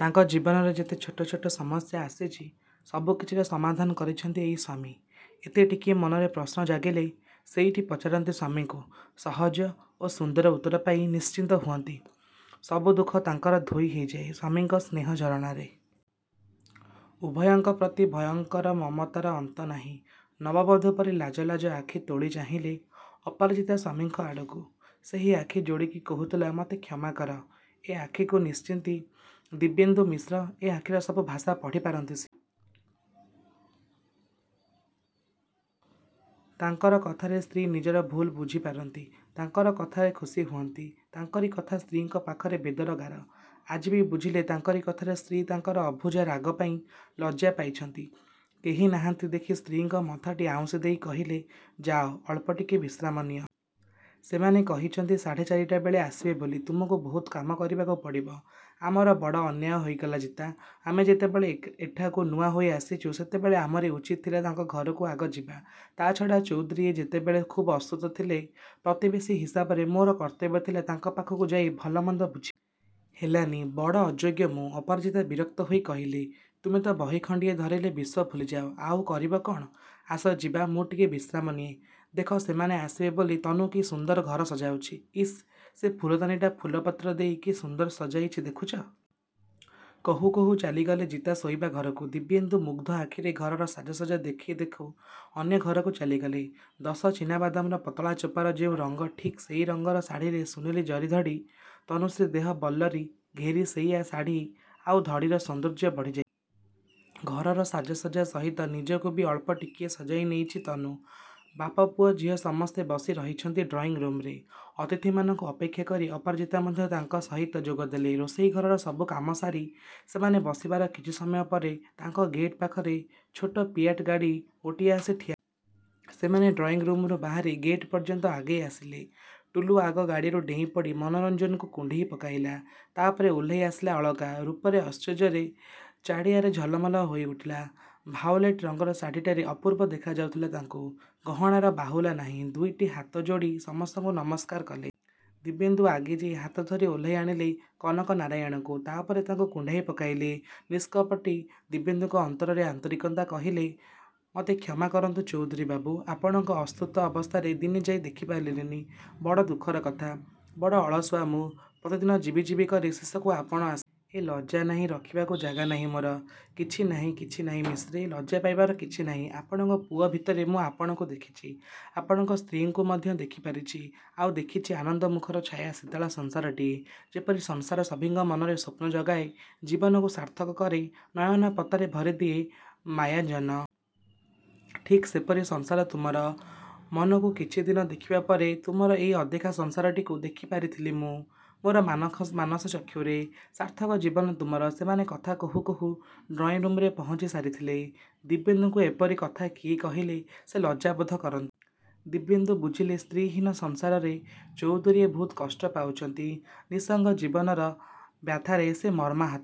ତାଙ୍କ ଜୀବନରେ ଯେତେ ଛୋଟ ଛୋଟ ସମସ୍ୟା ଆସିଛି, ସବୁ କିଛିର ସମାଧାନ କରିଛନ୍ତି ଏଇ ସ୍ୱାମୀ। ଏତେ ଟିକିଏ ମନରେ ପ୍ରଶ୍ନ ଜାଗିଲେ ସେଇଠି ପଚାରନ୍ତି ସ୍ୱାମୀଙ୍କୁ। ସହଜ ଓ ସୁନ୍ଦର ଉତ୍ତର ପାଇ ନିଶ୍ଚିନ୍ତ ହୁଅନ୍ତି-। ସବୁ ଦୁଃଖ ତାଙ୍କର ଧୋଇ ହୋଇଯାଏ ସ୍ୱାମୀଙ୍କ ସ୍ନେହ ଝରଣାରେ। ଉଭୟଙ୍କ ପ୍ରତି ଉଭୟଙ୍କର ମମତାର ଅନ୍ତ ନାହିଁ। ନବବଧୂ ପରି ଲାଜ ଲାଜ ଆଖି ତୋଳି ଚାହିଁଲେ ଅପରାଜିତା ସ୍ୱାମୀଙ୍କ ଆଡ଼କୁ। ସେହି ଆଖି ଯୋଡ଼ିକି କହୁଥିଲା ମୋତେ କ୍ଷମା କର। ଏ ଆଖିକୁ ନିଶ୍ଚିନ୍ତି ଦିବ୍ୟେନ୍ଦୁ ମିଶ୍ର। ଏ ଆଖିର ସବୁ ଭାଷା ପଢ଼ିପାରନ୍ତି ସିଏ। ତାଙ୍କର କଥାରେ ସ୍ତ୍ରୀ ନିଜର ଭୁଲ୍ ବୁଝିପାରନ୍ତି, ତାଙ୍କର କଥାରେ ଖୁସି ହୁଅନ୍ତି। ତାଙ୍କରି କଥା ସ୍ତ୍ରୀଙ୍କ ପାଖରେ ବେଦର ଗାର। ଆଜି ବି ବୁଝିଲେ ତାଙ୍କରି କଥାରେ ସ୍ତ୍ରୀ ତାଙ୍କର ଅବୁଝା ରାଗ ପାଇଁ ଲଜ୍ଜା ପାଇଛନ୍ତି। କେହି ନାହାନ୍ତି ଦେଖି ସ୍ତ୍ରୀଙ୍କ ମଥାଟି ଆଉଁସିଦେଇ କହିଲେ ଯାଅ ଅଳ୍ପଟିକେ ବିଶ୍ରାମ ନିଅ। ସେମାନେ କହିଛନ୍ତି ସାଢ଼େ ଚାରିଟାବେଳେ ଆସିବେ ବୋଲି। ତୁମକୁ ବହୁତ କାମ କରିବାକୁ ପଡ଼ିବ। ଆମର ବଡ଼ ଅନ୍ୟାୟ ହୋଇଗଲା ଜିତା, ଆମେ ଯେତେବେଳେ ଏଠାକୁ ନୂଆ ହୋଇ ଆସିଛୁ ସେତେବେଳେ ଆମରି ଉଚିତ ଥିଲା ତାଙ୍କ ଘରକୁ ଆଗ ଯିବା। ତା' ଛଡ଼ା ଚୌଧୂରୀଏ ଯେତେବେଳେ ଖୁବ୍ ଅସୁସ୍ଥ ଥିଲେ ପ୍ରତିବେଶୀ ହିସାବରେ ମୋର କର୍ତ୍ତବ୍ୟ ଥିଲା ତାଙ୍କ ପାଖକୁ ଯାଇ ଭଲମନ୍ଦ ବୁଝିବା। ହେଲାନି, ବଡ଼ ଅଯୋଗ୍ୟ ମୁଁ। ଅପରାଜିତା ବିରକ୍ତ ହୋଇ କହିଲେ–ତୁମେ ତ ବହି ଖଣ୍ଡିଏ ଧରିଲେ ବିଶ୍ୱ ଭୁଲିଯାଅ, ଆଉ କରିବ କ'ଣ। ଆସ ଯିବା। ମୁଁ ଟିକେ ବିଶ୍ରାମ ନିଏ। ଦେଖ ସେମାନେ ଆସିବେ ବୋଲି ତନୁ କି ସୁନ୍ଦର ଘର ସଜାଉଛି, ଇସ୍ ସେ ଫୁଲଦାନୀଟା ଫୁଲପତ୍ର ଦେଇ କି ସୁନ୍ଦର ସଜାଇଛି ଦେଖୁଛ? କହୁକହୁ ଚାଲିଗଲେ ଜିତା ଶୋଇବା ଘରକୁ। ଦିବ୍ୟେନ୍ଦୁ ମୁଗ୍ଧ ଆଖିରେ ଘରର ସାଜସଜ୍ଜା ଦେଖୁ ଦେଖୁ ଅନ୍ୟଘରକୁ ଚାଲିଗଲେ। ଦଶ ଚିନାବାଦାମର ପତଳା ଚୋପାର ଯେଉଁ ରଙ୍ଗ ଠିକ୍ ସେଇ ରଙ୍ଗର ଶାଢ଼ିରେ ସୁନେଲୀ ଜରି ଧଡ଼ି। ତନୁଶ୍ରୀ ଦେହ ବଲ୍ଲରୀ ଘେରି ସେଇ ଶାଢ଼ି ଆଉ ଧଡ଼ିର ସୌନ୍ଦର୍ଯ୍ୟ ବଢ଼ିଯାଇଛି। ଘରର ସାଜସଜ୍ଜା ସହିତ ନିଜକୁ ବି ଅଳ୍ପ ଟିକିଏ ସଜାଇ ନେଇଛି ତନୁ। ବାପ ପୁଅ ଝିଅ ସମସ୍ତେ ବସି ରହିଛନ୍ତି ଡ୍ରଇଁ ରୁମ୍ରେ ଅତିଥିମାନଙ୍କୁ ଅପେକ୍ଷା କରି। ଅପରାଜିତା ମଧ୍ୟ ତାଙ୍କ ସହିତ ଯୋଗଦେଲେ, ରୋଷେଇଘରର ସବୁ କାମ ସାରି। ସେମାନେ ବସିବାର କିଛି ସମୟ ପରେ ତାଙ୍କ ଗେଟ୍ ପାଖରେ ଛୋଟ ଫିଆଟ୍ ଗାଡ଼ି ଗୋଟିଏ ଆସି ଠିଆହେଲା। ସେମାନେ ଡ୍ରଇଁ ରୁମ୍ରୁ ବାହାରି ଗେଟ୍ ପର୍ଯ୍ୟନ୍ତ ଆଗେଇଆସିଲେ। ଟୁଲୁ ଆଗ ଗାଡ଼ିରୁ ଡେଇଁପଡ଼ି ମନୋରଞ୍ଜନକୁ କୁଣ୍ଢେଇ ପକେଇଲା। ତାପରେ ଓହ୍ଲାଇଆସିଲେ ଅଳକା। ରୂପର ଐଶ୍ୱର୍ଯ୍ୟରେ ଚାରିଆଡ଼ ଝଲମଲ ହୋଇଉଠିଲା। ଭାଓଲେଟ୍ ରଙ୍ଗର ଶାଢ଼ିଟାରେ ଅପୂର୍ବ ଦେଖାଯାଉଥିଲା ତାଙ୍କୁ। ଗହଣାର ବାହୁଲା ନାହିଁ। ଦୁଇଟି ହାତଯୋଡ଼ି ସମସ୍ତଙ୍କୁ ନମସ୍କାର କଲେ। ଦିବ୍ୟେନ୍ଦୁ ଆଗେଇଯାଇ ହାତ ଧରି ଓହ୍ଲାଇ ଆଣିଲେ କନକନାରାୟଣଙ୍କୁ। ତାପରେ ତାକୁ କୁଣ୍ଢାଇ ପକାଇଲେ। ନିଷ୍କପଟି ଦିବ୍ୟେନ୍ଦୁଙ୍କ ଅନ୍ତରରେ ଆନ୍ତରିକତା। କହିଲେ–ମତେ କ୍ଷମା କରନ୍ତୁ ଚଉଧୂରୀ ବାବୁ! ଆପଣଙ୍କ ଅସୁସ୍ଥ ଅବସ୍ଥାରେ ଦିନେ ଯାଇ ଦେଖିପାରିଲିନି। ବଡ଼ ଦୁଃଖର କଥା। ବଡ଼ ଅଳସୁଆ ମୁଁ। ପ୍ରତିଦିନ ଯିବି ଯିବି କରି ଶେଷକୁ ଆପଣ ଆସିଲେ। ଏ ଲଜ୍ଜା ରଖିବାକୁ ଜାଗା ନାହିଁ ମୋର। କିଛି ନାଇଁ, କିଛି ନାଇଁ ମିଶ୍ରେ। ଲଜ୍ଜା ପାଇବାର କିଛି ନାଇଁ। ଆପଣଙ୍କ ପୁଅ ଭିତରେ ମୁଁ ଆପଣଙ୍କୁ ଦେଖିଛି। ଆପଣଙ୍କ ସ୍ତ୍ରୀଙ୍କୁ ମଧ୍ୟ ଦେଖିପାରିଛି। ଆଉ ଦେଖିଛି ଆନନ୍ଦମୁଖର ଛାୟା ଶୀତଳ ସଂସାରଟିଏ। ଯେପରି ସଂସାର ସଭିଙ୍କ ମନରେ ସ୍ୱପ୍ନ ଜଗାଏ, ଜୀବନକୁ ସାର୍ଥକ କରେ, ନୟନ ପତାରେ ଭରିଦିଏ ମାୟାଞ୍ଜନ। ଠିକ୍ ସେପରି ସଂସାର ତୁମର। ମନୁକୁ କିଛିଦିନ ଦେଖିବା ପରେ ତୁମର ଏଇ ଅଦେଖା ସଂସାରଟିକୁ ଦେଖିପାରିଥିଲି ମୁଁ ମୋର ମାନସ ଚକ୍ଷୁରେ। ସାର୍ଥକଜୀବନ ତୁମର। ସେମାନେ କଥା କହୁ କହୁ ଡ୍ରଇଁରୁମ୍ରେ ପହଞ୍ଚି ସାରିଥିଲେ। ଦିବ୍ୟେନ୍ଦୁଙ୍କୁ ଏପରି କଥା କିଏ କହିଲେ ସେ ଲଜ୍ଜା ବୋଧ କରନ୍ତି। ଦିବ୍ୟେନ୍ଦୁ ବୁଝିଲେ– ସ୍ତ୍ରୀ ହୀନ ସଂସାରରେ ଚଉଧୁରୀଏ ବହୁତ କଷ୍ଟ ପାଉଛନ୍ତି। ନିଃସଙ୍ଗ ଜୀବନର ବ୍ୟଥାରେ ସେ ମର୍ମାହତ।